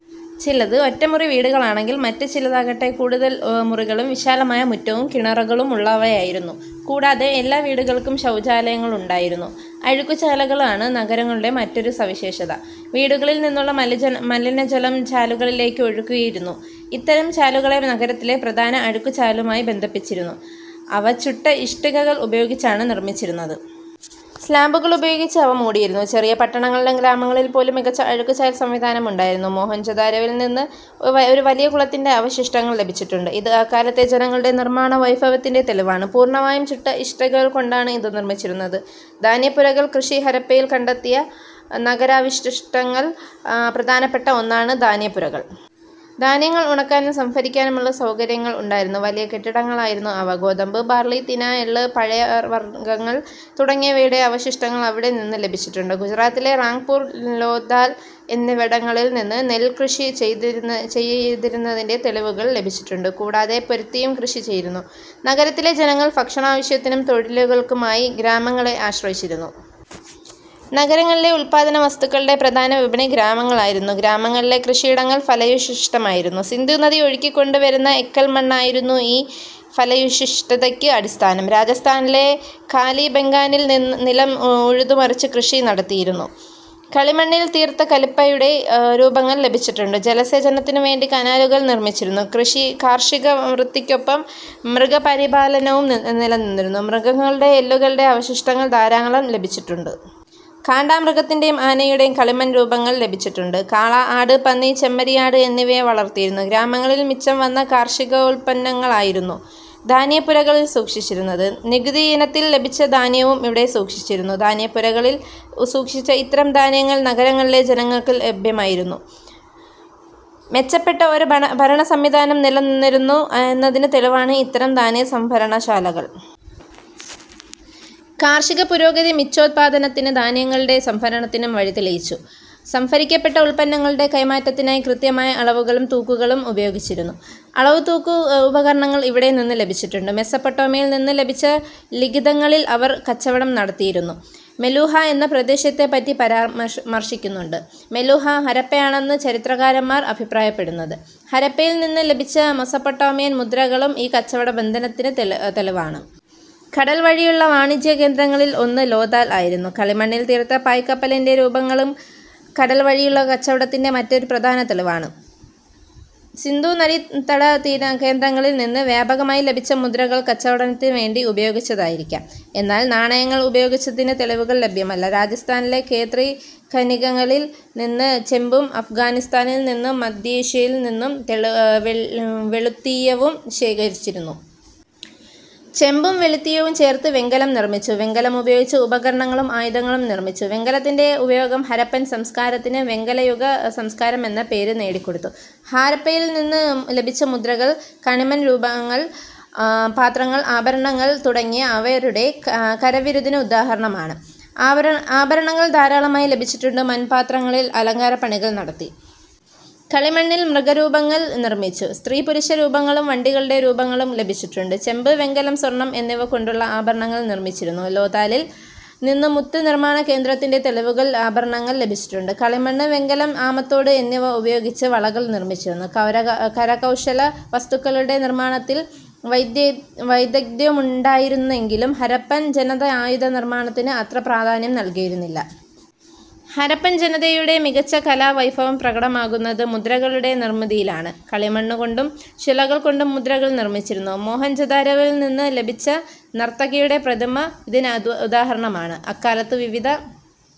ചിലത് ഒറ്റമുറി വീടുകളാണെങ്കിൽ മറ്റു ചിലതാകട്ടെ കൂടുതൽ മുറികളും വിശാലമായ മുറ്റവും കിണറുകളുമുള്ളവയായിരുന്നു. കൂടാതെ എല്ലാ വീടുകൾക്കും ശൗചാലയങ്ങളുമുണ്ടായിരുന്നു. അഴുക്കുചാലുകളാണ് നഗരങ്ങളുടെ മറ്റൊരു സവിശേഷത. വീടുകളിൽ നിന്നുള്ള മലിനജലം ചാലുകളിലേക്ക് ഒഴുക്കിയിരുന്നു. ഇത്തരം ചാലുകളെ നഗരത്തിലെ പ്രധാന അഴുക്കുചാലുമായി ബന്ധിപ്പിച്ചിരുന്നു. അവ ചുട്ട ഇഷ്ടികകൾ ഉപയോഗിച്ചാണ് നിർമ്മിച്ചിരുന്നത്. സ്ലാബുകൾ ഉപയോഗിച്ച് അവ മൂടിയിരുന്നു. ചെറിയ പട്ടണങ്ങളിലും ഗ്രാമങ്ങളിൽപ്പോലും മികച്ച അഴുക്കുചാൽ സംവിധാനം ഉണ്ടായിരുന്നു. മോഹൻജൊദാരോവിൽനിന്ന് ഒരു വലിയ കുളത്തിന്റെ അവശിഷ്ടങ്ങൾ ലഭിച്ചിട്ടുണ്ട്. ഇത് അക്കാലത്തെ ജനങ്ങളുടെ നിർമാണ വൈഭവത്തിന് തെളിവാണ്. പൂർണ്ണമായും ചുട്ട ഇഷ്ടികകൾകൊണ്ടാണ് ഇത് നിർമിച്ചിരുന്നത്. ധാന്യപ്പുരകൾ, കൃഷി ഹരപ്പയിൽ കണ്ടെത്തിയ നഗരാവശിഷ്ടങ്ങളിൽ പ്രധാനപ്പെട്ട ഒന്നാണ് ധാന്യപ്പുരകൾ. ധാന്യങ്ങൾ ഉണക്കാനും സംഭരിക്കാനുമുള്ള സൗകര്യങ്ങൾ ഉണ്ടായിരുന്ന വലിയ കെട്ടിടങ്ങളായിരുന്നു അവ. ഗോതമ്പ്, ബാർലി, തിന, എള്ള്, പയർവർഗങ്ങൾ തുടങ്ങിയവയുടെ അവശിഷ്ടങ്ങൾ അവിടെ നിന്ന് ലഭിച്ചിട്ടുണ്ട്. ഗുജറാത്തിലെ റംഗ്പൂർ, ലോഥാൽ എന്നിവിടങ്ങളിൽനിന്ന് നെല്ല് കൃഷി ചെയ്തിരുന്നതിന്റെ തെളിവുകൾ ലഭിച്ചിട്ടുണ്ട്. കൂടാതെ പരുത്തിയും കൃഷി ചെയ്തിരുന്നു. നഗരത്തിലെ ജനങ്ങൾ ഭക്ഷണാവശ്യത്തിനും തൊഴിലുകൾക്കുമായി ഗ്രാമങ്ങളെ ആശ്രയിച്ചിരുന്നു. നഗരങ്ങളിലെ ഉല്പാദനവസ്തുക്കളുടെ പ്രധാന വിപണി ഗ്രാമങ്ങളായിരുന്നു. ഗ്രാമങ്ങളിലെ കൃഷിയിടങ്ങൾ ഫലഭൂയിഷ്ഠമായിരുന്നു. സിന്ധൂനദി ഒഴുക്കിക്കൊണ്ടുവരുന്ന എക്കൽമണ്ണായിരുന്നു ഈ ഫലഭൂയിഷ്ഠതയ്ക്ക് അടിസ്ഥാനം. രാജസ്ഥാനിലെ കാലിബംഗാനിൽ നിലം ഉഴുതുമറിച്ച് കൃഷി നടത്തിയിരുന്നു. കളിമണ്ണിൽ തീർത്ത കലപ്പയുടെ രൂപങ്ങൾ ലഭിച്ചിട്ടുണ്ട്. ജലസേചനത്തിനുവേണ്ടി കനാലുകൾ നിർമിച്ചിരുന്നു. കാർഷികവൃത്തിക്കൊപ്പം മൃഗപരിപാലനവും നിലനിന്നിരുന്നു. മൃഗങ്ങളുടെ എല്ലുകളുടെ അവശിഷ്ടങ്ങൾ ധാരാളം ലഭിച്ചിട്ടുണ്ട്. കാണ്ടാ മൃഗത്തിന്റെയും ആനയുടെയും കളിമൺ രൂപങ്ങൾ ലഭിച്ചിട്ടുണ്ട്. കാള, ആട്, പന്നി, ചെമ്മരിയാട് എന്നിവയെ വളർത്തിയിരുന്നു. ഗ്രാമങ്ങളിൽ മിച്ചം വന്ന കാർഷികോത്പന്നങ്ങളായിരുന്നു ധാന്യപ്പുരകളിൽ സൂക്ഷിച്ചത്. നികുതിയിനത്തിൽ ലഭിച്ച ധാന്യവും ഇവിടെ സൂക്ഷിച്ചിരുന്നു. ധാന്യപ്പുരകളിൽ സൂക്ഷിച്ച ഇത്തരം ധാന്യങ്ങൾ നഗരങ്ങളിലെ ജനങ്ങൾക്ക് ലഭ്യമാക്കിയിരുന്നു. മെച്ചപ്പെട്ട ഒരു ഭരണസംവിധാനം നിലനിന്നിരുന്നു എന്നതിന് തെളിവാണ് ഇത്തരം ധാന്യസംഭരണശാലകൾ. കാർഷിക പുരോഗതി മിച്ചോത്പാദനത്തിനും ധാന്യങ്ങളുടെ സംഭരണത്തിനും വഴിതെളിച്ചു. സംഭരിക്കപ്പെട്ട ഉത്പന്നങ്ങളുടെ കൈമാറ്റത്തിനായി കൃത്യമായ അളവുകളും തൂക്കങ്ങളും ഉപയോഗിച്ചിരുന്നു. അളവുതൂക്ക ഉപകരണങ്ങൾ ഇവിടെനിന്ന് ലഭിച്ചിട്ടുണ്ട്. മെസൊപ്പൊട്ടാമിയയിൽനിന്ന് ലഭിച്ച ലിഖിതങ്ങളിൽ അവർ കച്ചവടം നടത്തിയിരുന്ന മെലൂഹ എന്ന പ്രദേശത്തെപ്പറ്റി പരാമർശിക്കുന്നുണ്ട്. മെലൂഹ ഹരപ്പയാണെന്നാണ് ചരിത്രകാരന്മാർ അഭിപ്രായപ്പെടുന്നത്. ഹരപ്പയിൽനിന്ന് ലഭിച്ച മെസൊപ്പൊട്ടാമിയൻ മുദ്രകളും ഈ കച്ചവട ബന്ധത്തിന് തെളിവാണ്. കടൽ വഴിയുള്ള വാണിജ്യകേന്ദ്രങ്ങളിൽ ഒന്ന് ലോഥാൽ ആയിരുന്നു. കളിമണ്ണിൽ തീർത്ത പായ്ക്കപ്പലിന്റെ രൂപങ്ങളും കടൽ വഴിയുള്ള കച്ചവടത്തിന്റെ മറ്റൊരു പ്രധാന തെളിവാണ്. സിന്ധൂനദീതട കേന്ദ്രങ്ങളിൽനിന്ന് വ്യാപകമായി ലഭിച്ച മുദ്രകൾ കച്ചവടത്തിനുവേണ്ടി ഉപയോഗിച്ചതായിരിക്കാം. എന്നാൽ നാണയങ്ങൾ ഉപയോഗിച്ചതിന് തെളിവുകൾ ലഭ്യമല്ല. രാജസ്ഥാനിലെ ഖേത്രി ഖനികളിൽനിന്ന് ചെമ്പും അഫ്ഘാനിസ്ഥാനിൽ നിന്നും മധ്യേഷ്യയിൽ നിന്നും വെളുത്തീയവും ശേഖരിച്ചിരുന്നു. ചെമ്പും വെളുത്തീയവും ചേർത്ത് വെങ്കലം നിർമിച്ചു. വെങ്കലമുപയോഗിച്ച് ഉപകരണങ്ങളും ആയുധങ്ങളും നിർമിച്ചു. വെങ്കലത്തിന്റെ ഉപയോഗം ഹരപ്പൻ സംസ്കാരത്തിന് വെങ്കലയുഗ സംസ്കാരം എന്ന പേര് നേടിക്കൊടുത്തു. ഹരപ്പയിൽനിന്ന് ലഭിച്ച മുദ്രകൾ, കളിമൺരൂപങ്ങൾ, പാത്രങ്ങൾ, ആഭരണങ്ങൾ തുടങ്ങിയവ അവരുടെ കരവിരുതിന് ഉദാഹരണമാണ്. ആഭരങ്ങൾ ധാരാളമായി ലഭിച്ചിട്ടുണ്ട്. മൺപാത്രങ്ങളിൽ അലങ്കാരപണികൾ നടത്തി. കളിമണ്ണിൽ മൃഗരൂപങ്ങൾ നിർമ്മിച്ചു. സ്ത്രീ-പുരുഷ രൂപങ്ങളും വണ്ടികളുടെ രൂപങ്ങളും ലഭിച്ചിട്ടുണ്ട്. ചെമ്പ്, വെങ്കലം, സ്വർണം എന്നിവ കൊണ്ടുള്ള ആഭരണങ്ങൾ നിർമിച്ചിരുന്നു. ലോഥാലിൽ നിന്ന് മുത്ത് നിർമാണ കേന്ദ്രത്തിന്റെ തെളിവുകൾ ആഭരണങ്ങൾ ലഭിച്ചിട്ടുണ്ട്. കളിമണ്ണ്, വെങ്കലം, ആമത്തോട് എന്നിവ ഉപയോഗിച്ച് വളകൾ നിർമിച്ചിരുന്നു. കരകൗശലവസ്തുക്കളുടെ നിർമാണത്തിൽ വൈദഗ്ധ്യമുണ്ടായിരുന്നെങ്കിലും ഹരപ്പൻ ജനത ആയുധ നിർമാണത്തിന് അത്ര പ്രാധാന്യം നൽകിയിരുന്നില്ല. ഹരപ്പൻ ജനതയുടെ മികച്ച കലാവൈഭവം പ്രകടമാകുന്നത് മുദ്രകളുടെ നിർമിതിയിലാണ്. കളിമണ്ണുകൊണ്ടും ശിലകൾകൊണ്ടും മുദ്രകൾ നിർമിച്ചിരുന്നു. മോഹൻജൊദാരൊവിൽനിന്ന് ലഭിച്ച നർത്തകിയുടെ പ്രതിമ ഇതിനുദാഹരണമാണ്. അക്കാലത്ത് വിവിധ